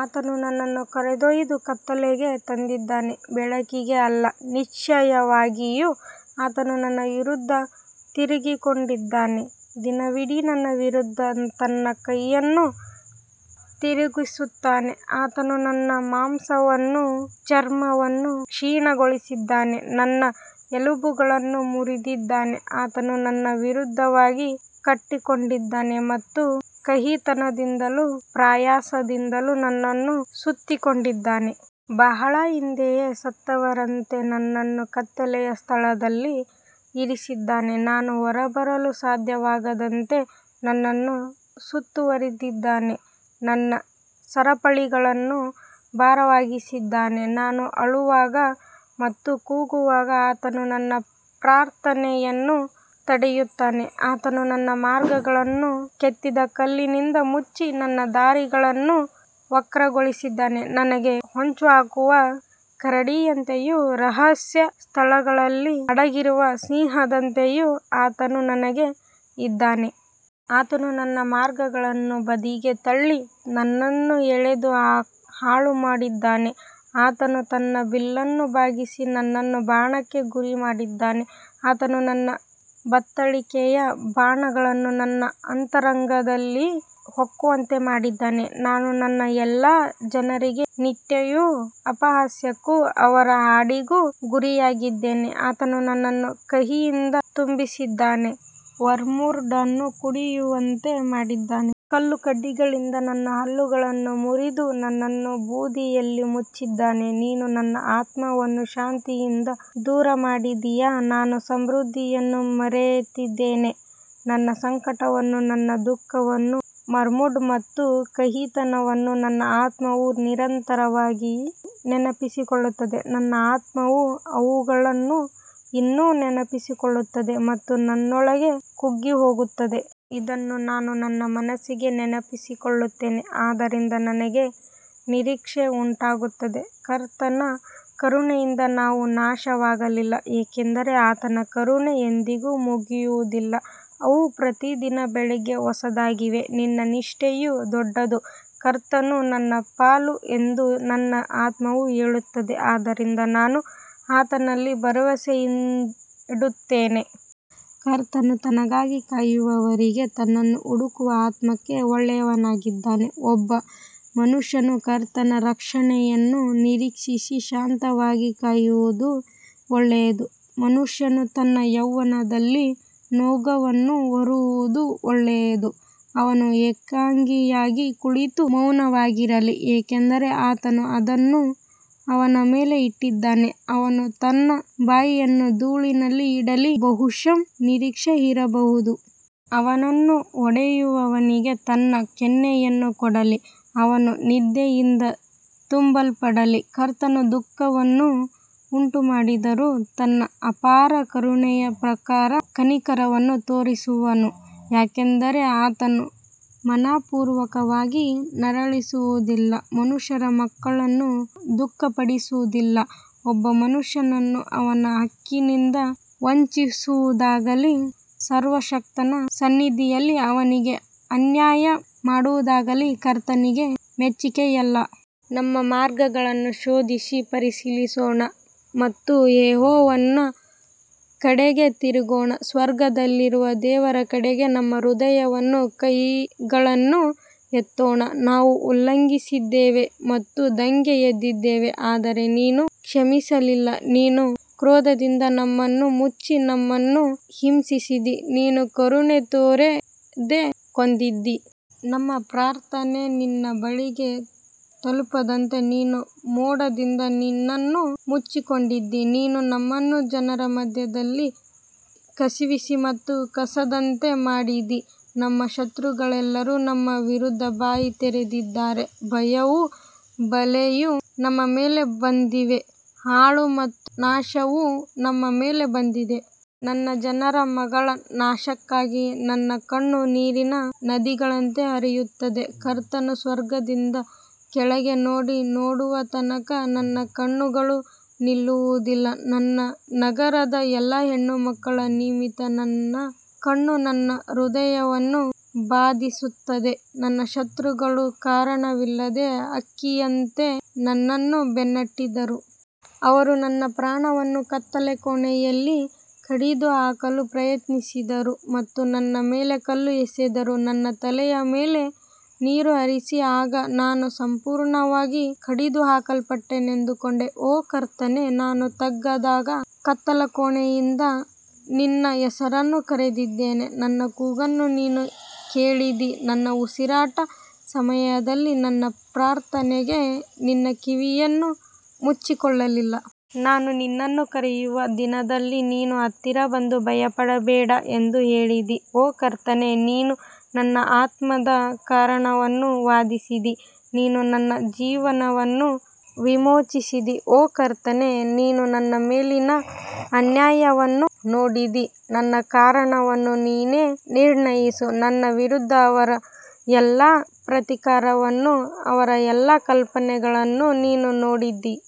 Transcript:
ಆತನು ನನ್ನನ್ನು ಕರೆದೊಯ್ದು ಕತ್ತಲೆಗೆ ತಂದಿದ್ದಾನೆ, ಬೆಳಕಿಗೆ ಅಲ್ಲ. ನಿಶ್ಚಯವಾಗಿಯೂ ಆತನು ನನ್ನ ವಿರುದ್ಧ ತಿರುಗಿಕೊಂಡಿದ್ದಾನೆ, ದಿನವಿಡೀ ನನ್ನ ವಿರುದ್ಧ ತನ್ನ ಕೈಯನ್ನು ತಿರುಗಿಸುತ್ತಾನೆ. ಆತನು ನನ್ನ ಮಾಂಸವನ್ನೂ ಚರ್ಮವನ್ನೂ ಕ್ಷೀಣಗೊಳಿಸಿದ್ದಾನೆ, ನನ್ನ ಎಲುಬುಗಳನ್ನು ಮುರಿದಿದ್ದಾನೆ. ಆತನು ನನ್ನ ವಿರುದ್ಧವಾಗಿ ಕಟ್ಟಿಕೊಂಡಿದ್ದಾನೆ ಮತ್ತು ಕಹಿತನದಿಂದಲೂ ಪ್ರಯಾಸದಿಂದಲೂ ನನ್ನನ್ನು ಸುತ್ತಿಕೊಂಡಿದ್ದಾನೆ. ಬಹಳ ಹಿಂದೆಯೇ ಸತ್ತವರಂತೆ ನನ್ನನ್ನು ಕತ್ತಲೆಯ ಸ್ಥಳಗಳಲ್ಲಿ ಇರಿಸಿದ್ದಾನೆ. ನಾನು ಹೊರಬರಲು ಸಾಧ್ಯವಾಗದಂತೆ ನನ್ನನ್ನು ಸುತ್ತುವರಿದಿದ್ದಾನೆ, ನನ್ನ ಸರಪಳಿಗಳನ್ನು ಭಾರವಾಗಿಸಿದ್ದಾನೆ. ನಾನು ಅಳುವಾಗ ಮತ್ತು ಕೂಗುವಾಗ ಆತನು ನನ್ನ ಪ್ರಾರ್ಥನೆಯನ್ನು ತಡೆಯುತ್ತಾನೆ. ಆತನು ನನ್ನ ಮಾರ್ಗಗಳನ್ನು ಕೆತ್ತಿದ ಕಲ್ಲಿನಿಂದ ಮುಚ್ಚಿ, ನನ್ನ ದಾರಿಗಳನ್ನು ವಕ್ರಗೊಳಿಸಿದ್ದಾನೆ. ನನಗೆ ಹೊಂಚುಹಾಕುವ ಕರಡಿಯಂತೆಯೂ ರಹಸ್ಯ ಸ್ಥಳಗಳಲ್ಲಿ ಅಡಗಿರುವ ಸಿಂಹದಂತೆಯೂ ಆತನು ನನಗೆ ಇದ್ದಾನೆ. ಆತನು ನನ್ನ ಮಾರ್ಗಗಳನ್ನು ಬದಿಗೆ ತಳ್ಳಿ ನನ್ನನ್ನು ಎಳೆದು ಹಾಳುಮಾಡಿದ್ದಾನೆ. ಆತನು ತನ್ನ ಬಿಲ್ಲನ್ನು ಬಾಗಿಸಿ ನನ್ನನ್ನು ಬಾಣಕ್ಕೆ ಗುರಿಮಾಡಿದ್ದಾನೆ. ಆತನು ತನ್ನ ಬತ್ತಳಿಕೆಯ ಬಾಣಗಳನ್ನು ನನ್ನ ಅಂತರಂಗದಲ್ಲಿ ಹೊಕ್ಕುವಂತೆ ಮಾಡಿದ್ದಾನೆ. ನಾನು ನನ್ನ ಎಲ್ಲಾ ಜನರಿಗೆ ನಿತ್ಯವೂ ಅಪಹಾಸ್ಯಕ್ಕೂ ಅವರ ಹಾಡಿಗೂ ಗುರಿಯಾಗಿದ್ದೇನೆ. ಆತನು ನನ್ನನ್ನು ಕಹಿಯಿಂದ ತುಂಬಿಸಿದ್ದಾನೆ, ವರ್ಮ್ವುಡ್ ಅನ್ನು ಕುಡಿಯುವಂತೆ ಮಾಡಿದ್ದಾನೆ. ಕಲ್ಲುಕಡ್ಡಿಗಳಿಂದ ನನ್ನ ಹಲ್ಲುಗಳನ್ನು ಮುರಿದು, ನನ್ನನ್ನು ಬೂದಿಯಲ್ಲಿ ಮುಚ್ಚಿದ್ದಾನೆ. ನೀನು ನನ್ನ ಆತ್ಮವನ್ನು ಶಾಂತಿಯಿಂದ ದೂರಮಾಡಿದ್ದೀಯ, ನಾನು ಸಮೃದ್ಧಿಯನ್ನು ಮರೆತಿದ್ದೇನೆ. ನನ್ನ ಸಂಕಟವನ್ನೂ ನನ್ನ ದುಃಖವನ್ನೂ, ವರ್ಮ್ವುಡ್ ಮತ್ತು ಕಹಿತನವನ್ನೂ ನನ್ನ ಆತ್ಮವು ನಿರಂತರವಾಗಿ ನೆನಪಿಸಿಕೊಳ್ಳುತ್ತದೆ. ನನ್ನ ಆತ್ಮವು ಅವುಗಳನ್ನು ಇನ್ನೂ ನೆನಪಿಸಿಕೊಳ್ಳುತ್ತದೆ ಮತ್ತು ನನ್ನೊಳಗೆ ಕುಗ್ಗಿಹೋಗುತ್ತದೆ. ಇದನ್ನು ನಾನು ನನ್ನ ಮನಸ್ಸಿಗೆ ನೆನಪಿಸಿಕೊಳ್ಳುತ್ತೇನೆ, ಆದ್ದರಿಂದ ನನಗೆ ನಿರೀಕ್ಷೆ ಉಂಟಾಗುತ್ತದೆ. ಕರ್ತನ ಕರುಣೆಯಿಂದ ನಾವು ನಾಶವಾಗಲಿಲ್ಲ, ಏಕೆಂದರೆ ಆತನ ಕರುಣೆ ಎಂದಿಗೂ ಮುಗಿಯುವುದಿಲ್ಲ. ಅವು ಪ್ರತಿದಿನ ಬೆಳಿಗ್ಗೆ ಹೊಸದಾಗಿವೆ, ನಿನ್ನ ನಿಷ್ಠೆಯು ದೊಡ್ಡದು. ಕರ್ತನು ನನ್ನ ಪಾಲು ಎಂದು ನನ್ನ ಆತ್ಮವು ಹೇಳುತ್ತದೆ, ಆದ್ದರಿಂದ ನಾನು ಆತನಲ್ಲಿ ಭರವಸೆಯಿಡುತ್ತೇನೆ. ಕರ್ತನು ತನಗಾಗಿ ಕಾಯುವವರಿಗೆ, ತನ್ನನ್ನು ಹುಡುಕುವ ಆತ್ಮಕ್ಕೆ ಒಳ್ಳೆಯವನಾಗಿದ್ದಾನೆ. ಒಬ್ಬ ಮನುಷ್ಯನು ಕರ್ತನ ರಕ್ಷಣೆಯನ್ನು ನಿರೀಕ್ಷಿಸಿ ಶಾಂತವಾಗಿ ಕಾಯುವುದು ಒಳ್ಳೆಯದು. ಮನುಷ್ಯನು ತನ್ನ ಯೌವನದಲ್ಲಿ ನೊಗವನ್ನು ಹೊರುವುದು ಒಳ್ಳೆಯದು. ಅವನು ಏಕಾಂಗಿಯಾಗಿ ಕುಳಿತು ಮೌನವಾಗಿರಲಿ, ಏಕೆಂದರೆ ಆತನು ಅದನ್ನು ಅವನ ಮೇಲೆ ಇಟ್ಟಿದ್ದಾನೆ. ಅವನು ತನ್ನ ಬಾಯಿಯನ್ನು ಧೂಳಿನಲ್ಲಿ ಇಡಲಿ, ಬಹುಶಃ ನಿರೀಕ್ಷೆ ಇರಬಹುದು. ಅವನನ್ನು ಹೊಡೆಯುವವನಿಗೆ ತನ್ನ ಕೆನ್ನೆಯನ್ನು ಕೊಡಲಿ, ಅವನು ನಿಂದೆಯಿಂದ ತುಂಬಲ್ಪಡಲಿ. ಕರ್ತನು ದುಃಖವನ್ನು ಉಂಟುಮಾಡಿದರೂ, ತನ್ನ ಅಪಾರ ಕರುಣೆಯ ಪ್ರಕಾರ ಕನಿಕರವನ್ನು ತೋರಿಸುವನು. ಯಾಕಂದರೆ ಆತನು ಮನಃಪೂರ್ವಕವಾಗಿ ನರಳಿಸುವುದಿಲ್ಲ, ಮನುಷ್ಯರ ಮಕ್ಕಳನ್ನು ದುಃಖಪಡಿಸುವುದಿಲ್ಲ. ಒಬ್ಬ ಮನುಷ್ಯನನ್ನು ಅವನ ಹಕ್ಕಿನಿಂದ ವಂಚಿಸುವುದಾಗಲಿ, ಸರ್ವಶಕ್ತನ ಸನ್ನಿಧಿಯಲ್ಲಿ ಅವನಿಗೆ ಅನ್ಯಾಯ ಮಾಡುವುದಾಗಲಿ ಕರ್ತನಿಗೆ ಮೆಚ್ಚಿಕೆಯಲ್ಲ. ನಮ್ಮ ಮಾರ್ಗಗಳನ್ನು ಶೋಧಿಸಿ ಪರಿಶೀಲಿಸೋಣ ಮತ್ತು ಯೆಹೋವನ ಕಡೆಗೆ ತಿರುಗೋಣ. ಸ್ವರ್ಗದಲ್ಲಿರುವ ದೇವರ ಕಡೆಗೆ ನಮ್ಮ ಹೃದಯವನ್ನೂ ಕೈಗಳನ್ನೂ ಎತ್ತೋಣ. ನಾವು ಉಲ್ಲಂಘಿಸಿದ್ದೇವೆ ಮತ್ತು ದಂಗೆ ಎದ್ದಿದ್ದೇವೆ, ಆದರೆ ನೀನು ಕ್ಷಮಿಸಲಿಲ್ಲ. ನೀನು ಕ್ರೋಧದಿಂದ ನಮ್ಮನ್ನು ಮುಚ್ಚಿ ನಮ್ಮನ್ನು ಹಿಂಸಿಸಿದ್ದೀ. ನೀನು ಕರುಣೆ ತೋರದೆ ಕೊಂದಿದ್ದೀ. ನಮ್ಮ ಪ್ರಾರ್ಥನೆ ನಿನ್ನ ಬಳಿಗೆ ತಲುಪದಂತೆ ನೀನು ಮೋಡದಿಂದ ನಿನ್ನನ್ನು ಮುಚ್ಚಿಕೊಂಡಿದ್ದೀ. ನೀನು ನಮ್ಮನ್ನು ಜನರ ಮಧ್ಯದಲ್ಲಿ ಕಸಿವಿಸಿ ಮತ್ತು ಕಸದಂತೆ ಮಾಡಿದ್ದೀ. ನಮ್ಮ ಶತ್ರುಗಳೆಲ್ಲರೂ ನಮ್ಮ ವಿರುದ್ಧ ಬಾಯಿ ತೆರೆದಿದ್ದಾರೆ. ಭಯವೂ ಬಲೆಯೂ ನಮ್ಮ ಮೇಲೆ ಬಂದಿವೆ, ಹಾಳು ಮತ್ತು ನಾಶನವು ನಮ್ಮ ಮೇಲೆ ಬಂದಿದೆ. ನನ್ನ ಜನರ ಮಗಳ ನಾಶಕ್ಕಾಗಿ ನನ್ನ ಕಣ್ಣು ನೀರಿನ ನದಿಗಳಂತೆ ಹರಿಯುತ್ತದೆ. ಕರ್ತನು ಸ್ವರ್ಗದಿಂದ ಕೆಳಗೆ ನೋಡಿ ನೋಡುವ ತನಕ ನನ್ನ ಕಣ್ಣುಗಳು ನಿಲ್ಲುವುದಿಲ್ಲ. ನನ್ನ ನಗರದ ಎಲ್ಲಾ ಹೆಣ್ಣುಮಕ್ಕಳ ನಿಮಿತ್ತ ನನ್ನ ಕಣ್ಣು ನನ್ನ ಹೃದಯವನ್ನು ಬಾಧಿಸುತ್ತದೆ. ನನ್ನ ಶತ್ರುಗಳು ಕಾರಣವಿಲ್ಲದೆ ಹಕ್ಕಿಯಂತೆ ನನ್ನನ್ನು ಬೆನ್ನಟ್ಟಿದರು. ಅವರು ನನ್ನ ಪ್ರಾಣವನ್ನು ಕತ್ತಲಕೋಣೆಯಲ್ಲಿ ಕಡಿದುಹಾಕಲು ಪ್ರಯತ್ನಿಸಿದರು ಮತ್ತು ನನ್ನ ಮೇಲೆ ಕಲ್ಲು ಎಸೆದರು. ನನ್ನ ತಲೆಯ ಮೇಲೆ ನೀರು ಹರಿಯಿತು, ಆಗ ನಾನು ಸಂಪೂರ್ಣವಾಗಿ ಕಡಿದುಹಾಕಲ್ಪಟ್ಟೆನೆಂದುಕೊಂಡೆ. ಓ ಕರ್ತನೇ, ನಾನು ತಗ್ಗಾದ ಕತ್ತಲಕೋಣೆಯಿಂದ ನಿನ್ನ ಹೆಸರನ್ನು ಕರೆದಿದ್ದೇನೆ. ನನ್ನ ಕೂಗನ್ನು ನೀನು ಕೇಳಿದ್ದೀ, ನನ್ನ ಉಸಿರಾಟದ ಸಮಯದಲ್ಲಿ ನನ್ನ ಪ್ರಾರ್ಥನೆಗೆ ನಿನ್ನ ಕಿವಿಯನ್ನು ಮುಚ್ಚಿಕೊಳ್ಳಲಿಲ್ಲ. ನಾನು ನಿನ್ನನ್ನು ಕರೆಯುವ ದಿನದಲ್ಲಿ ನೀನು ಹತ್ತಿರ ಬಂದು, ಭಯಪಡಬೇಡ ಎಂದು ಹೇಳಿದ್ದೀ. ಓ ಕರ್ತನೇ, ನೀನು ನನ್ನ ಆತ್ಮದ ಕಾರಣವನ್ನು ವಾದಿಸಿದ್ದೀ, ನೀನು ನನ್ನ ಜೀವನವನ್ನು ವಿಮೋಚಿಸಿದ್ದೀ. ಓ ಕರ್ತನೇ, ನೀನು ನನ್ನ ಮೇಲಿನ ಅನ್ಯಾಯವನ್ನು ನೋಡಿದ್ದೀ, ನನ್ನ ಕಾರಣವನ್ನು ನೀನೇ ನಿರ್ಣಯಿಸು. ನನ್ನ ವಿರುದ್ಧ ಅವರ ಎಲ್ಲಾ ಪ್ರತೀಕಾರವನ್ನೂ ಅವರ ಎಲ್ಲಾ ಕಲ್ಪನೆಗಳನ್ನೂ ನೀನು ನೋಡಿದ್ದೀ.